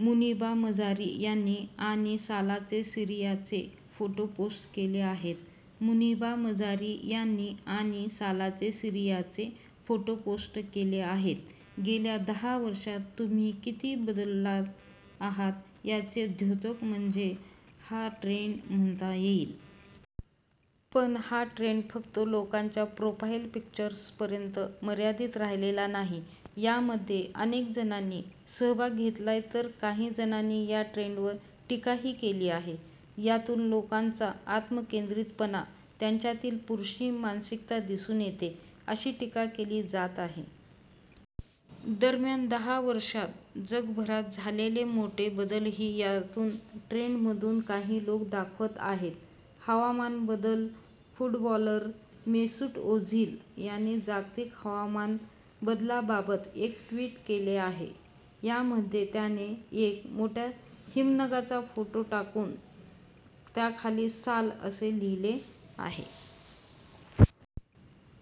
मुनिबा मजारी यांनी आणि सालाचे सीरियाचे फोटो पोस्ट केले आहेत. मुनिबा मजारी यांनी आणि सालाचे सीरियाचे फोटो पोस्ट केले आहेत. गेल्या दहा वर्षांत तुम्ही किती बदलला आहात, याचे द्योतक म्हणजे हा ट्रेंड म्हणता येईल. पण हा ट्रेंड फक्त लोकांच्या प्रोफाईल पिक्चर्सपर्यंत मर्यादित राहिलेला नाही. यामध्ये अनेक जणांनी सहभाग घेतलाय तर काही जणांनी या ट्रेंडवर टीकाही केली आहे. यातून लोकांचा आत्मकेंद्रितपणा, त्यांच्यातील पुरुषी मानसिकता दिसून येते, अशी टीका केली जात आहे. दरम्यान, दहा वर्षांत जगभरात झालेले मोठे बदलही यातून ट्रेंडमधून काही लोक दाखवत आहेत. हवामान बदल - फुटबॉलर मेसूट ओझिल याने जागतिक हवामान बदलाबाबत एक ट्वीट केले आहे. यामध्ये त्याने एक मोठ्या हिमनगाचा फोटो टाकून त्याखाली साल, असे लिहिले आहे.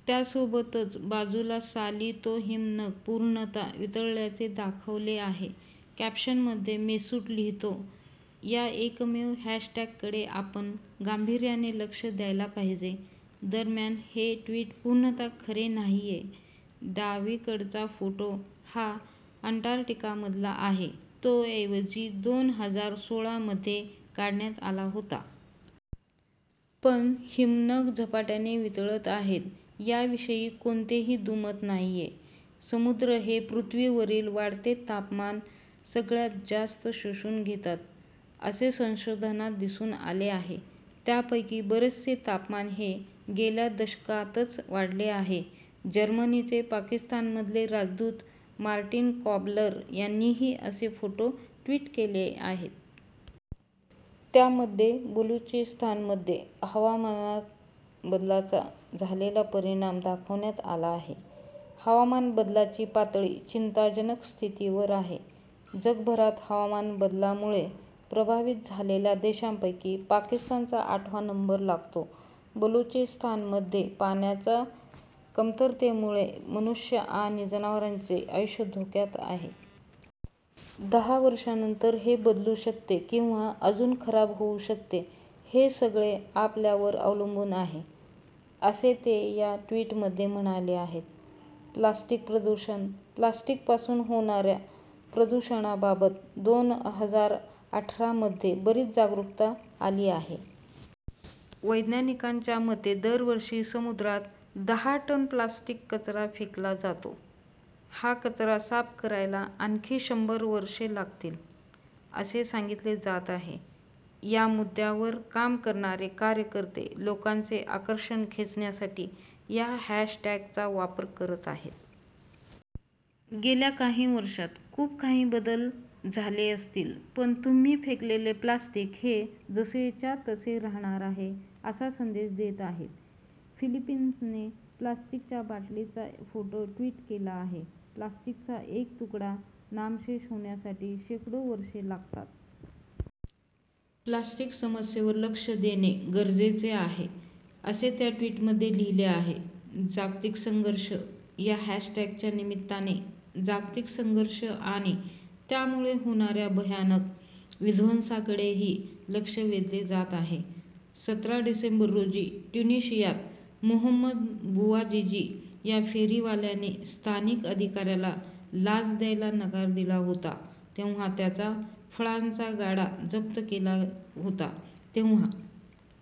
त्यासोबतच बाजूला साली तो हिमनग पूर्णतः वितळल्याचे दाखवले आहे. कॅप्शनमध्ये मेसूट लिहितो, 'या एकमेव हॅशटॅग कडे आपण गांभीर्याने लक्ष द्यायला पाहिजे.' दरम्यान हे ट्वीट पूर्णतः खरे नाहीये. डावीकडचा फोटो हा अंटार्क्टिकामधला आहे. तो ऐवजी दोन हजार सोळा मध्ये काढण्यात आला होता. पण, हिमनग झपाट्याने वितळत आहेत, याविषयी कोणतेही दुमत नाहीये. समुद्र हे पृथ्वीवरील वाढते तापमान सगळ्यात जास्त शोषून घेतात, असे संशोधनात दिसून आले आहे. त्यापैकी बरेचसे तापमान हे गेल्या दशकातच वाढले आहे. जर्मनीचे पाकिस्तानमधले राजदूत मार्टिन कॉबलर यांनीही असे फोटो ट्वीट केले आहेत. त्यामध्ये बलुचिस्तानमध्ये हवामान बदलाचा झालेला परिणाम दाखवण्यात आला आहे. 'हवामान बदलाची पातळी चिंताजनक स्थितीवर आहे. जगभरात हवामान बदलामुळे प्रभावित झालेल्या देशांपैकी पाकिस्तानचा आठवा नंबर लागतो. बलुचिस्तानमध्ये पाण्याच्या कमतरतेमुळे मनुष्य आणि जनावरांचे आयुष्य धोक्यात आहे. दहा वर्षांनंतर हे बदलू शकते किंवा अजून खराब होऊ शकते. हे सगळे आपल्यावर अवलंबून आहे,' असे ते या ट्वीटमध्ये म्हणाले आहेत. प्लास्टिक प्रदूषण - प्लास्टिकपासून होणाऱ्या प्रदूषणाबाबत दोन हजार अठरा मध्ये बरीच जागरूकता आली आहे. वैज्ञानिकांच्या मते दरवर्षी समुद्रात दहा टन प्लास्टिक कचरा फेकला जातो. हा कचरा साफ करायला आणखी शंभर वर्षे लागतील, असे सांगितले जात आहे. या मुद्द्यांवर काम करणारे कार्यकर्ते लोकांचे आकर्षण खेचण्यासाठी या हॅशटॅगचा वापर करत आहेत. गेल्या काही वर्षांत खूप काही बदल झाले असतील पण तुम्ही फेकलेले प्लास्टिक हे जसंच्या तसे राहणार आहे, असा संदेश देत आहेत. फिलिपिन्सने प्लास्टिकच्या बाटलीचा फोटो ट्वीट केला आहे. 'प्लास्टिकचा एक तुकडा नामशेष होण्यासाठी शेकडो वर्षे लागतात. प्लास्टिक समस्येवर लक्ष देणे गरजेचे आहे,' असे त्या ट्वीटमध्ये लिहिले आहे. जागतिक संघर्ष - या हॅशटॅगच्या निमित्ताने जागतिक संघर्ष आणि त्यामुळे होणाऱ्या भयानक विध्वंसाकडेही लक्ष वेधले जात आहे. सतरा डिसेंबर रोजी ट्युनिशियात मोहम्मद बुआजिजी या फेरीवाल्याने स्थानिक अधिकाऱ्याला लाच द्यायला नकार दिला होता. तेव्हा त्याचा फळांचा गाडा जप्त केला होता. तेव्हा